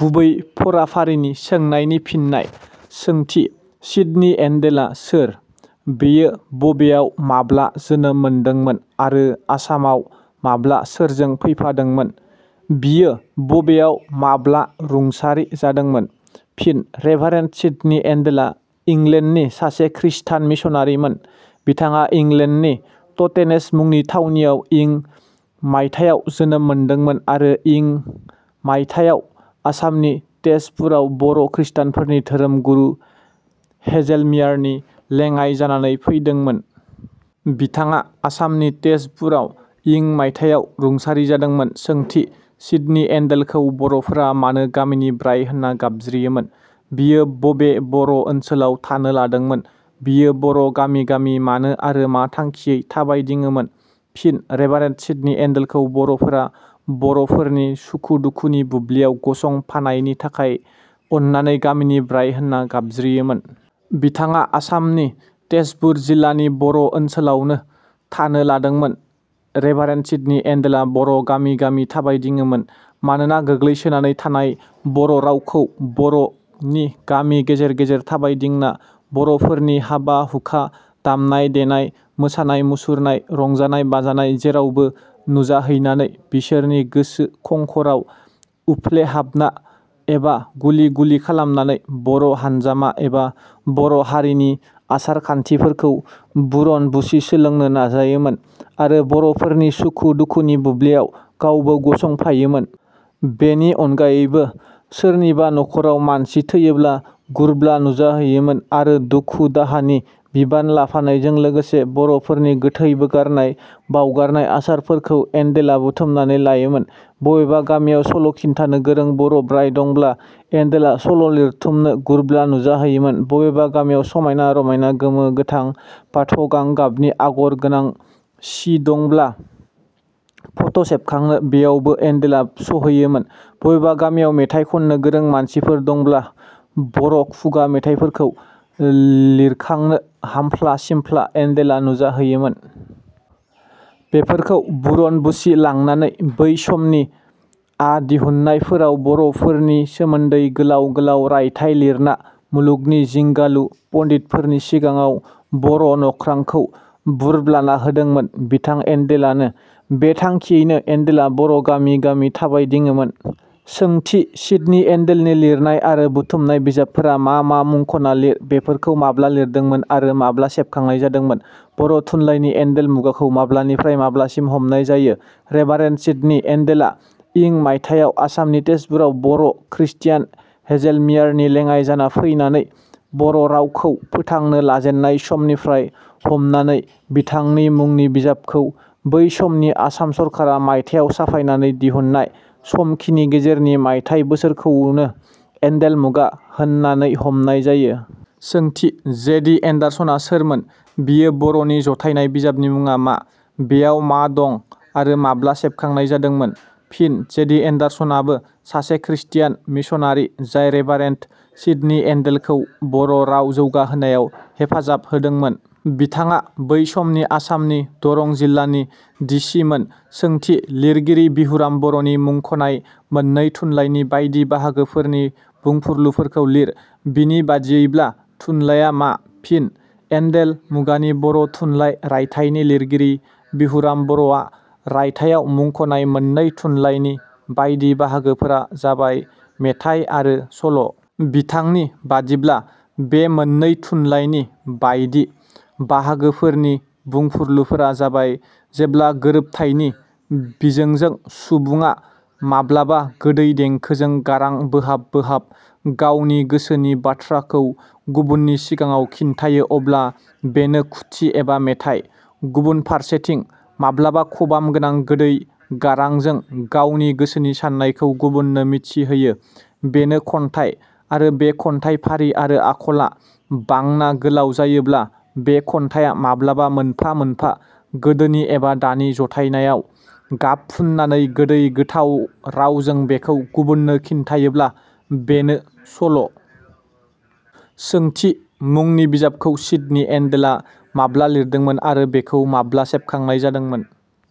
गुबै फारानि सोंनायनि फिननाय. सोंथि: सिदनि एण्डेलआ सोर? बियो बबेयाव माब्ला जोनोम मोनदोंमोन आरो आसामआव माब्ला सोरजों फैफादोंमोन? बियो बबेयाव माब्ला रुंसारि जादोंमोन? फिन: रेभारण्ड सिदनि एण्डेलआ इंलेण्डनि सासे ख्रिष्टान मिसनारिमोन। बिथाङा इंलेण्डनि तटेनेज मुंनि थावनियाव इं मायथायाव जोनोम मोनदोंमोन आरो इं मायथायाव आसामनि तेजपुराव बर' ख्रिष्टानफोरननि धोरोम गुरु हेजेलमियार नि लेङाय जानानै फैदोंमोन। बिथाङा आसामनि तेजपुरावनो इं मायथायाव रुंसारि जादोंमोन।. सोंथि: सिदनि एण्डेलखौ बर'फोरा मानो 'गामिनि ब्राइ' होनना गाबज्रियोमोन? बियो बबे बर' ओनसोलाव थानो लादोंमोन? बियो बर' गामि गामि मानो आरो मा थांखियै थाबायदिङोमोन? फिन: रेभारण्ड सिदनि एण्डेलखौ बर'फोरा बर'फोरनि सुखु दुखुनि बुब्लियाव गसंफानायनि थाखाय अननानै 'गामिनि ब्राइ' होनना गाबज्रियोमोन। बिथाङा आसामनि तेजपुर जिलानि बर' ओनसोलाव थानो लादोंमोन। रेभारण्ड सिदनि एण्डेलआ बर' गामि गामि थाबायदिङोमोन। मानोना गोग्लैसोनानै थानाय बर' रावखौ बर'नि गामि गेजेर गेजेर थाबायदिंना बर'फोरनि हाबा-हुखा, दामनाय-देनाय, मोसानाय-मुसुरनाय, रंजानाय-बाजानाय जेरावबो नुजाहैनानै बिसोरनि गोसो खंखराव उप्लेहाबना एबा गुलि गुलि खालामनानै बर' हान्जामा एबा बर' माहारिनि आसार खान्थिफोरखौ बुरन बुसि सोलोंनो नाजायोमोन आरो बर'फोरनि सुखु दुखुनि बुब्लियाव गावबो गसंफायोमोन। बेनि अनगायैबो सोरनिबा नख'राव मानसि थैयोब्ला गुरब्ला नुजाहैयोमोन आरो दुखु दाहानि बिबान लाफानायजों लोगोसे बर'फोरनि गोथै बोगारनाय बाउगारनाय आसारफोरखौ एण्डेलआ बुथुमनानै लायोमोन, बबेबा गामियाव सल' खिन्थानो गोरों बर' ब्राइ दंब्ला एण्डेलआ सल' लिरथुउमनो गुरब्ला नुजाहैयोमोन, बबेबा गामियाव समायना रमायना गोमो-गोथां बाथ' गां गाबनि आगर गोनां बर' सि दंब्ला फट' सेबखांनो बेयावबो एण्डेलआ सहैयोमोन, बबेबा गामियाव मेथाइ खनननो गोरों मानसिफोर दंब्ला बर' खुगा मेथाइफोरखौ लिइरखांनो हामफ्ला-सिमफ्ला एण्डेलआ नुजाहैयोमोन। बेफोरखौ बुरन बुसि लांनानै बै समनि " "आ दिहुननाय फोराव बर'फोरनि सोमोन्दै गोलाव गोलाव रायथाइ लिरना मुलुगनि जिंगालु पण्डितफोरनि सिगांआव बर' नख्रांखौ बुरब्लाना होदोंमोन बिथां एण्डेलआनो। बे थांंखियैनो एण्डेलआ बर' गामि गामि थाबायदिङोमोन।. सोंथि: सिदनि एण्डेलनि लिरनाय आरो बुथुमनाय बिजाबफोरा मा मा मुंख'ना लिर। बेफोरखौ माब्ला लिरदोंमोन आरो माब्ला सेबखांनाय जादोंमोन? बर' थुनलायनि एन्देल मुगाखौ माब्लानिफ्राय माब्लासिम हमनाय जायो? रेभारण्ड सिदनि एण्डेलआ इं मायथायाव आसामनि तेजपुराव बर' ख्रिस्तियान हेजेलमियार नि लेङाइ जाना फैनानै बर' रावखौ फोथांनो लाजेननाय समनिफ्राय हमनानै बिथांनि "" मुंनि बिजाबखौ बै समनि आसाम सरखारा मायथायाव साफायना दिहुननाय समखिनि गेजेरनि मायथाइ बोसोरखौननो एण्डेल मुगा होनानै हमनाय जायो।. सोंथि: जे. दि. एण्डार्सनआ सोरमोन? बियो बर'नि जथायनाय बिजाबनि मुङा मा? बेयाव मा दं आरो माब्ला सेबखांनाय जादोंमोन? फिन: जे. दि. एण्डार्सनआबो सासे ख्रिस्तियान मिसनारि जाय रेभारण्ड सिदनि एण्डेलखौ बर' राव जौगाहोनायाव हेफाजाब होदोंमोन। बिथाङा बै समनि आसामनि दरं जिल्लानि डि. सि. मोन।. सोंथि: लिरगिरि बिहुराम बर'नि मुंखनाय मोननै थुनलायनि बायदि बाहागोफोरनि बुंफुरलुफोरखौ लिर। बिनि बादियैब्ला थुनलाया मा? फिन: "एण्डेल मुगानि बर' थुनलाइ" रायथाइनि लिरगिरि बिहुराम बर'आ रायथाइयाव मुंखनाय मोननै थुनलायनि बायदि बाहागोफोरा जाबाय – मेथाइ आरो सल'। बिथांनि बादिब्ला बे मोननै थुनलायनि बायदि बाहागोफोरनि बुंफुरलुफोरा जाबाय- जेब्ला गोरोबथाइनि बिजोंजों सुबुङा माब्लाबा गोदै देंखोजों गारां बोहाब बोहाब गावनि गोसोनि बाथ्राखौ गुबुननि सिगाङाव खिन्थायो अब्ला बेनो खुथि एबा मेथाइ। गुबुन फारसेथिं, माब्लाबा खबाम गोनां गोदै गारांजों गावनि गोसोनि साननायखौ गुबुननो मिथिहोयो बेनो खन्थाइ आरो बे खन्थाइ फारि आरो आखला बांना गोलाव जायोब्ला बे खन्थाइया माब्लाबा मोनफा मोनफा गोदोनि एबा दानि जाथाइयाव गाब फुननानै गोदै गोथाव रावजों बेखौ गुबुननो खिथायोब्ला बेनो सल'।. सोंथि: मुंनि बिजाबखौ सिदनि एण्डेलआ माब्ला लिरदोंमोन आरो बेखौ माब्ला सेबखांनाय जादोंमोन?